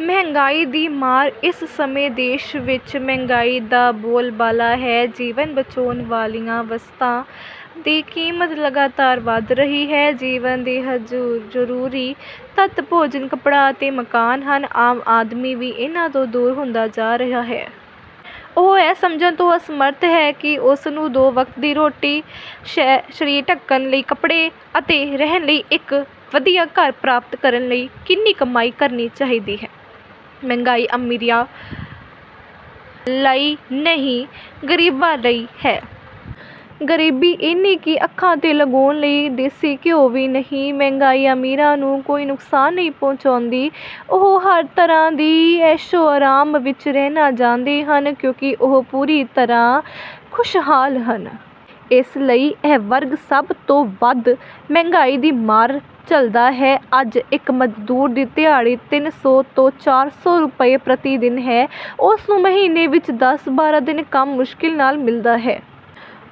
ਮਹਿੰਗਾਈ ਦੀ ਮਾਰ ਇਸ ਸਮੇਂ ਦੇਸ਼ ਵਿੱਚ ਮਹਿੰਗਾਈ ਦਾ ਬੋਲਬਾਲਾ ਹੈ। ਜੀਵਨ ਬਚਾਉਣ ਵਾਲੀਆਂ ਵਸਤਾਂ ਦੀ ਕੀਮਤ ਲਗਾਤਾਰ ਵਧ ਰਹੀ ਹੈ। ਜੀਵਨ ਦੇ ਜ਼ਰੂਰੀ ਤੱਤ ਭੋਜਨ, ਕੱਪੜਾ ਅਤੇ ਮਕਾਨ ਹਨ। ਆਮ ਆਦਮੀ ਵੀ ਇਨ੍ਹਾਂ ਤੋਂ ਦੂਰ ਹੁੰਦਾ ਜਾ ਰਿਹਾ ਹੈ। ਉਹ ਇਹ ਸਮਝਣ ਤੋਂ ਅਸਮਰੱਥ ਹੈ ਕਿ ਉਸਨੂੰ ਦੋ ਵਕਤ ਦੀ ਰੋਟੀ, ਸਰੀਰ ਢੱਕਣ ਲਈ ਕੱਪੜੇ ਅਤੇ ਰਹਿਣ ਲਈ ਇੱਕ ਵਧੀਆ ਘਰ ਪ੍ਰਾਪਤ ਕਰਨ ਲਈ ਕਿੰਨੀ ਕਮਾਈ ਕਰਨੀ ਚਾਹੀਦੀ ਹੈ। ਮਹਿੰਗਾਈ ਅਮੀਰਾਂ ਲਈ ਨਹੀਂ, ਗਰੀਬਾਂ ਲਈ ਹੈ। ਗਰੀਬੀ ਇੰਨੀ ਕਿ ਅੱਖਾਂ 'ਤੇ ਲਗਾਉਣ ਲਈ ਦੇਸੀ ਘਿਓ ਵੀ ਨਹੀਂ। ਮਹਿੰਗਾਈ ਅਮੀਰਾਂ ਨੂੰ ਕੋਈ ਨੁਕਸਾਨ ਨਹੀਂ ਪਹੁੰਚਾਉਂਦੀ। ਉਹ ਹਰ ਤਰ੍ਹਾਂ ਦੀ ਐਸ਼ੋ-ਆਰਾਮ ਵਿੱਚ ਰਹਿਣਾ ਜਾਣਦੇ ਹਨ ਕਿਉਂਕਿ ਉਹ ਪੂਰੀ ਤਰ੍ਹਾਂ ਖੁਸ਼ਹਾਲ ਹਨ। ਇਸ ਲਈ ਇਹ ਵਰਗ ਸਭ ਤੋਂ ਵੱਧ ਮਹਿੰਗਾਈ ਦੀ ਮਾਰ ਝੱਲਦਾ ਹੈ। ਅੱਜ ਇੱਕ ਮਜ਼ਦੂਰ ਦੀ ਦਿਹਾੜੀ ਤਿੰਨ ਸੌ ਤੋਂ ਚਾਰ ਸੌ ਰੁਪਏ ਪ੍ਰਤੀ ਦਿਨ ਹੈ। ਉਸ ਨੂੰ ਮਹੀਨੇ ਵਿੱਚ ਦਸ ਬਾਰਾਂ ਦਿਨ ਕੰਮ ਮੁਸ਼ਕਿਲ ਨਾਲ ਮਿਲਦਾ ਹੈ।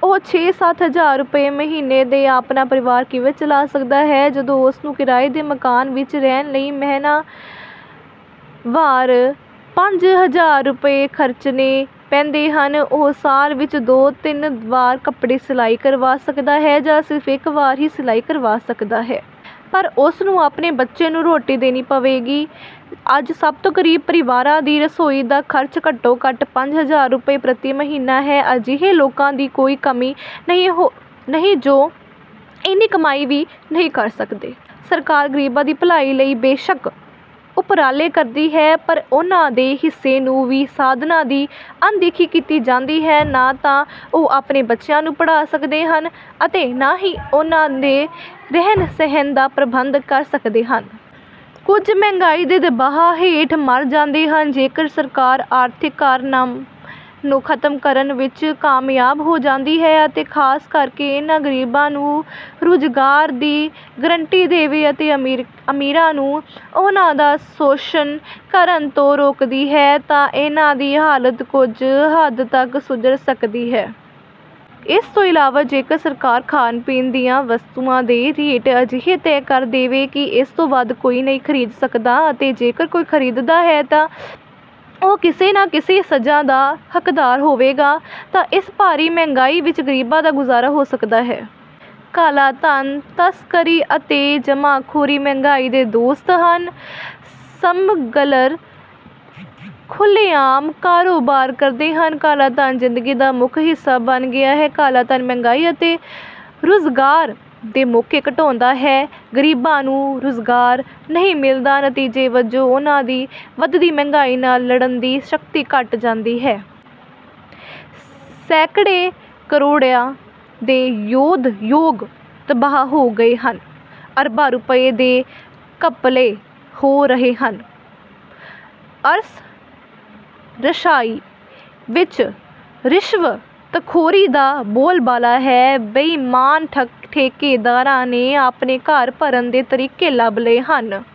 ਉਹ ਛੇ-ਸੱਤ ਹਜ਼ਾਰ ਰੁਪਏ ਮਹੀਨੇ 'ਤੇ ਆਪਣਾ ਪਰਿਵਾਰ ਕਿਵੇਂ ਚਲਾ ਸਕਦਾ ਹੈ? ਜਦੋਂ ਉਸਨੂੰ ਕਿਰਾਏ ਦੇ ਮਕਾਨ ਵਿੱਚ ਰਹਿਣ ਲਈ ਮਹੀਨਾਵਾਰ ਪੰਜ ਹਜ਼ਾਰ ਰੁਪਏ ਖਰਚਣੇ ਪੈਂਦੇ ਹਨ। ਉਹ ਸਾਲ ਵਿੱਚ ਦੋ-ਤਿੰਨ ਵਾਰ ਕੱਪੜੇ ਸਿਲਾਈ ਕਰਵਾ ਸਕਦਾ ਹੈ, ਜਾਂ ਸਿਰਫ਼ ਇੱਕ ਵਾਰ ਹੀ ਸਿਲਾਈ ਕਰਵਾ ਸਕਦਾ ਹੈ। ਪਰ ਉਸਨੂੰ ਆਪਣੇ ਬੱਚੇ ਨੂੰ ਰੋਟੀ ਦੇਣੀ ਪਵੇਗੀ। ਅੱਜ ਸਭ ਤੋਂ ਗ਼ਰੀਬ ਪਰਿਵਾਰਾਂ ਦੀ ਰਸੋਈ ਦਾ ਖ਼ਰਚ ਘੱਟੋ-ਘੱਟ ਪੰਜ ਹਜ਼ਾਰ ਰੁਪਏ ਪ੍ਰਤੀ ਮਹੀਨਾ ਹੈ। ਅਜਿਹੇ ਲੋਕਾਂ ਦੀ ਕੋਈ ਕਮੀ ਨਹੀਂ ਜੋ ਇੰਨੀ ਕਮਾਈ ਵੀ ਨਹੀਂ ਕਰ ਸਕਦੇ। ਸਰਕਾਰ ਗਰੀਬਾਂ ਦੀ ਭਲਾਈ ਲਈ ਬੇਸ਼ੱਕ ਉਪਰਾਲੇ ਕਰਦੀ ਹੈ, ਪਰ ਉਨ੍ਹਾਂ ਦੇ ਹਿੱਸੇ ਨੂੰ ਵੀ ਸਾਧਨਾਂ ਦੀ ਅਣਦੇਖੀ ਕੀਤੀ ਜਾਂਦੀ ਹੈ। ਨਾ ਤਾਂ ਉਹ ਆਪਣੇ ਬੱਚਿਆਂ ਨੂੰ ਪੜ੍ਹਾ ਸਕਦੇ ਹਨ ਅਤੇ ਨਾ ਹੀ ਉਨ੍ਹਾਂ ਦੇ ਰਹਿਣ-ਸਹਿਣ ਦਾ ਪ੍ਰਬੰਧ ਕਰ ਸਕਦੇ ਹਨ। ਕੁਝ ਮਹਿੰਗਾਈ ਦੇ ਦਬਾਅ ਹੇਠ ਮਰ ਜਾਂਦੇ ਹਨ। ਜੇਕਰ ਸਰਕਾਰ ਆਰਥਿਕ ਕਾਰਨਾਂ ਨੂੰ ਖਤਮ ਕਰਨ ਵਿੱਚ ਕਾਮਯਾਬ ਹੋ ਜਾਂਦੀ ਹੈ ਅਤੇ ਖਾਸ ਕਰਕੇ ਇਹਨਾਂ ਗਰੀਬਾਂ ਨੂੰ ਰੁਜ਼ਗਾਰ ਦੀ ਗਰੰਟੀ ਦੇਵੇ ਅਤੇ ਅਮੀਰਾਂ ਨੂੰ ਉਹਨਾਂ ਦਾ ਸ਼ੋਸ਼ਣ ਕਰਨ ਤੋਂ ਰੋਕਦੀ ਹੈ ਤਾਂ ਇਹਨਾਂ ਦੀ ਹਾਲਤ ਕੁਝ ਹੱਦ ਤੱਕ ਸੁਧਰ ਸਕਦੀ ਹੈ। ਇਸ ਤੋਂ ਇਲਾਵਾ ਜੇਕਰ ਸਰਕਾਰ ਖਾਣ-ਪੀਣ ਦੀਆਂ ਵਸਤੂਆਂ ਦੇ ਰੇਟ ਅਜਿਹੇ ਤੈਅ ਕਰ ਦੇਵੇ ਕਿ ਇਸ ਤੋਂ ਵੱਧ ਕੋਈ ਨਹੀਂ ਖਰੀਦ ਸਕਦਾ ਅਤੇ ਜੇਕਰ ਕੋਈ ਖਰੀਦਦਾ ਹੈ ਤਾਂ ਉਹ ਕਿਸੇ ਨਾ ਕਿਸੇ ਸਜਾ ਦਾ ਹੱਕਦਾਰ ਹੋਵੇਗਾ ਤਾਂ ਇਸ ਭਾਰੀ ਮਹਿੰਗਾਈ ਵਿੱਚ ਗਰੀਬਾਂ ਦਾ ਗੁਜ਼ਾਰਾ ਹੋ ਸਕਦਾ ਹੈ। ਕਾਲਾ ਧਨ, ਤਸਕਰੀ ਅਤੇ ਜਮ੍ਹਾਖੋਰੀ ਮਹਿੰਗਾਈ ਦੇ ਦੋਸਤ ਹਨ। ਸਮੱਗਲਰ ਖੁੱਲ੍ਹੇਆਮ ਕਾਰੋਬਾਰ ਕਰਦੇ ਹਨ, ਕਾਲਾ ਧਨ ਜ਼ਿੰਦਗੀ ਦਾ ਮੁੱਖ ਹਿੱਸਾ ਬਣ ਗਿਆ ਹੈ। ਕਾਲਾ ਧਨ ਮਹਿੰਗਾਈ ਅਤੇ ਰੁਜ਼ਗਾਰ ਦੇ ਮੌਕੇ ਘਟਾਉਂਦਾ ਹੈ। ਗਰੀਬਾਂ ਨੂੰ ਰੁਜ਼ਗਾਰ ਨਹੀਂ ਮਿਲਦਾ, ਨਤੀਜੇ ਵਜੋਂ ਉਨ੍ਹਾਂ ਦੀ ਵਧਦੀ ਮਹਿੰਗਾਈ ਨਾਲ ਲੜਨ ਦੀ ਸ਼ਕਤੀ ਘੱਟ ਜਾਂਦੀ ਹੈ। ਸੈਂਕੜੇ ਕਰੋੜਾਂ ਦੇ ਉਦਯੋਗ ਤਬਾਹ ਹੋ ਗਏ ਹਨ। ਅਰਬਾਂ ਰੁਪਏ ਦੇ ਘਪਲੇ ਹੋ ਰਹੇ ਹਨ। ਅਫਸਰਸ਼ਾਹੀ ਵਿੱਚ ਰਿਸ਼ਵਤਖੋਰੀ ਦਾ ਬੋਲਬਾਲਾ ਹੈ। ਬੇਈਮਾਨ ਠੇਕੇਦਾਰਾਂ ਨੇ ਆਪਣੇ ਘਰ ਭਰਨ ਦੇ ਤਰੀਕੇ ਲੱਭ ਲਏ ਹਨ।